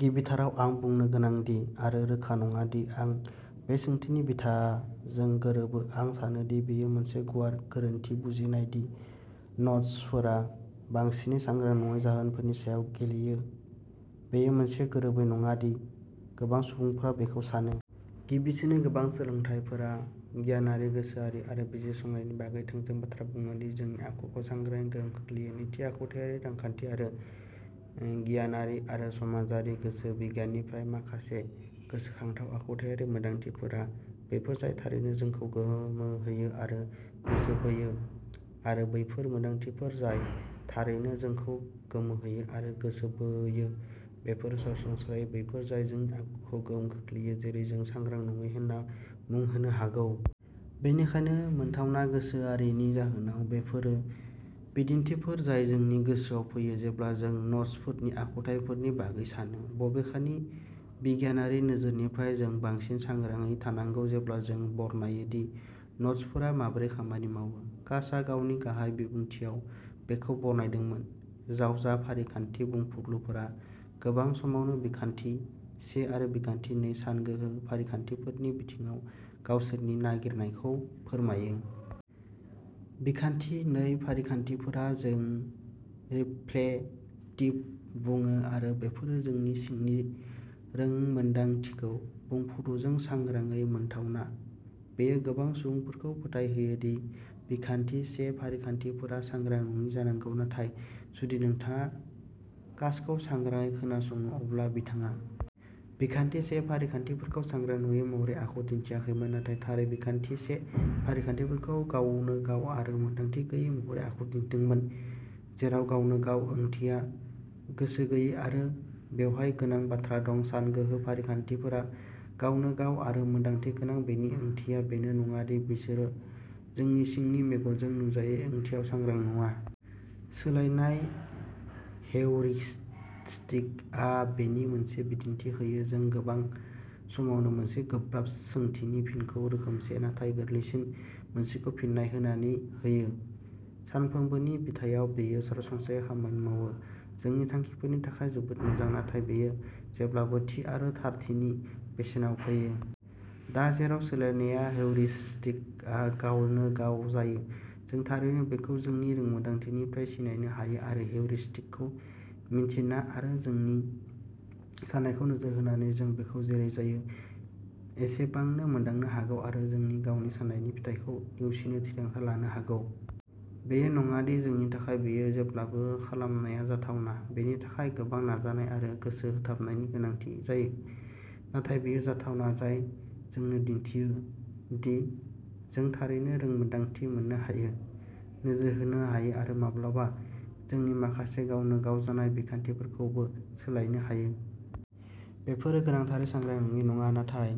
गिबिथाराव, आं बुंनो गोनां दि आं रोखा नङा दि आं बे सोंथिनि बिथाजों गोरोबो। आं सानो दि बेयो मोनसे गुवार गोरोन्थि बुजिनाय दि नड्जफोरा बांसिनै सांग्रां नङै जाहोनफोरनि सायाव गेलेयो। बेयो मोनसे गोरोबै नङा दि गोबां सुबुंफोरा बेखौ सानो। गिबिसिनै, गोबां सोलोंथायगिरिफोरा गियानारि गोसोआरि आरो बिजिरसंनायनि बागै थोंजों बाथ्रा बुङो दि जोंनि आखुखौ सांग्रांयै गोहोम खोख्लैयो। नैथि, आखुथायारि रांखान्थि आरो गियानारि आरो समाजारि गोसो बिगियाननिफ्राय माखासे गोसोखांथाव आखुथायारि मोनदांथिफोरा बैफोर जाय थारैनो जोंखौ गोमोहोयो आरो गोसोबोयो आरो बैफोर मोनदांथिफोर जाय थारैनो जोंखौ गोमोहोयो आरो गोसोबोयो बेफोरो सरासनस्रायै बैफोर जाय जोंनि आखुखौ गोहोम खोख्लैयो जेरै जों सांग्रां नङै होनना मुं होनो हागौ। बेनिखायनो, मोनथावना गोसोआरिनि जाहोनाव, बेफोरो बिदिन्थिफोर जाय जोंनि गोसोआव फैयो जेब्ला जों नड्जफोरनि आखुथायफोरनि बागै सानो। बबेखानि, बिगियानारि नोजोरनिफ्राय जों बांसिन सांग्राङै थानांगौ जेब्ला जों बरनायो दि नड्जफोरा माबोरै खामानि मावो। कासआ गावनि गाहाय बिबुंथिआव बेखौ बरनायदोंमोन, जावजा फारिखान्थि बुंफुरलुफोरा गोबां समावनो बिखान्थि से आरो बिखान्थि नै सानगोहो फारिखान्थिफोरनि बिथिङाव गावसोरनि नागिरनायखौ फोरमायो। बिखान्थि नै फारिखान्थिफोरा जों रिफ्लेटिभ बुङो आरो बेफोरो जोंनि सिंनि रोंमोन्दांथिखौ बुंफुरलुजों सांग्रांयै मोनथावना। बेयो गोबां सुबुंफोरखौ फोथायहोयो दि बिखान्थि से फारिखान्थिफोरा सांग्रां नङि जानांगौ। नाथाय जुदि नोंथाङा कासखौ सांग्राङै खोनासङो अब्ला बिथाङा बिखान्थि से फारिखान्थिफोरखौ सांग्रां नङि महरै आखु दिन्थियाखैमोन, नाथाय थारै बिखान्थि से फारिखान्थिफोरखौ गावनो गाव आरो मोनदांथि गैयै महरै आखु दिन्थिदोंमोन, जेराव गावनो गाव ओंथिया गोसो गैयै आरो बेवहाय गोनां बाथ्रा दं सानगोहो फारिखान्थिफोरा गावनो गाव आरो मोनदांथि गोनां, बेनि ओंथिया बेनो नङा दि बिसोरो जोंनि सिंनि मेगनजों नुजायै ओंथियाव सांग्रां नङा। सोलायनाय हेउरिस्टिकआ बेनि मोनसे बिदिन्थि होयो। जों गोबां समावनो मोनसे गोब्राब सोंथिनि फिनखौ रोखोमसे, नाथाय गोरलैसिन मोनसेखौ फिन्नाय होनानै होयो। सानफ्रोमबोनि बिथायाव बेयो सरासनस्रायै खामानि मावो। जोंनि थांखिफोरनि थाखाय जोबोद मोजां, नाथाय बेयो जेब्लाबो थि आरो थारथिनि बेसेनाव फैयो। दा, जेराव सोलायनाया हेउरिस्टिकआ गावनो गाव जायो, जों थारैनो बेखौ जोंनि रोंमोन्दांथिनिफ्राय सिनायनो हायो आरो हेउरिस्टिकखौ मिन्थिना आरो जोंनि साननायखौ नोजोर होनानै जों बेखौ जेरै जायो एसेबांनो मोनदांनो हागौ आरो जोंनि गावनि साननायनि फिथायखौ नेवसिनो थिरांथा लानो हागौ। बेयो नङा दि जोंनि थाखाय बेखौ जेब्लाबो खालामनाया जाथावना। बेनि थाखाय गोबां नाजानाय आरो गोसो होथाबनायनि गोनांथि जायो। नाथाय बेयो जाथावना, जाय जोंनो दिन्थियो, दि जों थारैनो रोंमोन्दांथि मोननो हायो, नोजोर होनो हायो आरो माब्लाबा जोंनि माखासे गावनो गाव जानाय बिखान्थिफोरखौ बो सोलायनो हायो। बेफोरो गोनांथारै सांग्रां नङि नङा, नाथाय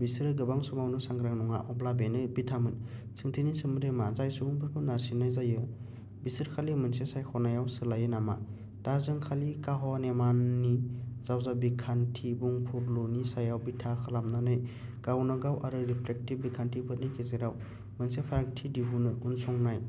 बिसोरो गोबां समावनो सांग्रां नङा। अब्ला बेनो बिथामोन। सोंथिनि सोमोन्दै मा? जाय सुबुंफोरखौ नारसिन्नाय जायो बिसोर खालि मोनसे सायख'नायाव सोलायो नामा? दा, जों खालि काहनेमाननि जावजा बिखान्थि बुंफुरलुनि सायाव बिथा खालामनानै गावनो गाव आरो रिफ्लेक्टिभ बिखान्थिफोरनि गेजेराव मोनसे फारागथि दिहुनो। उनसंनाय।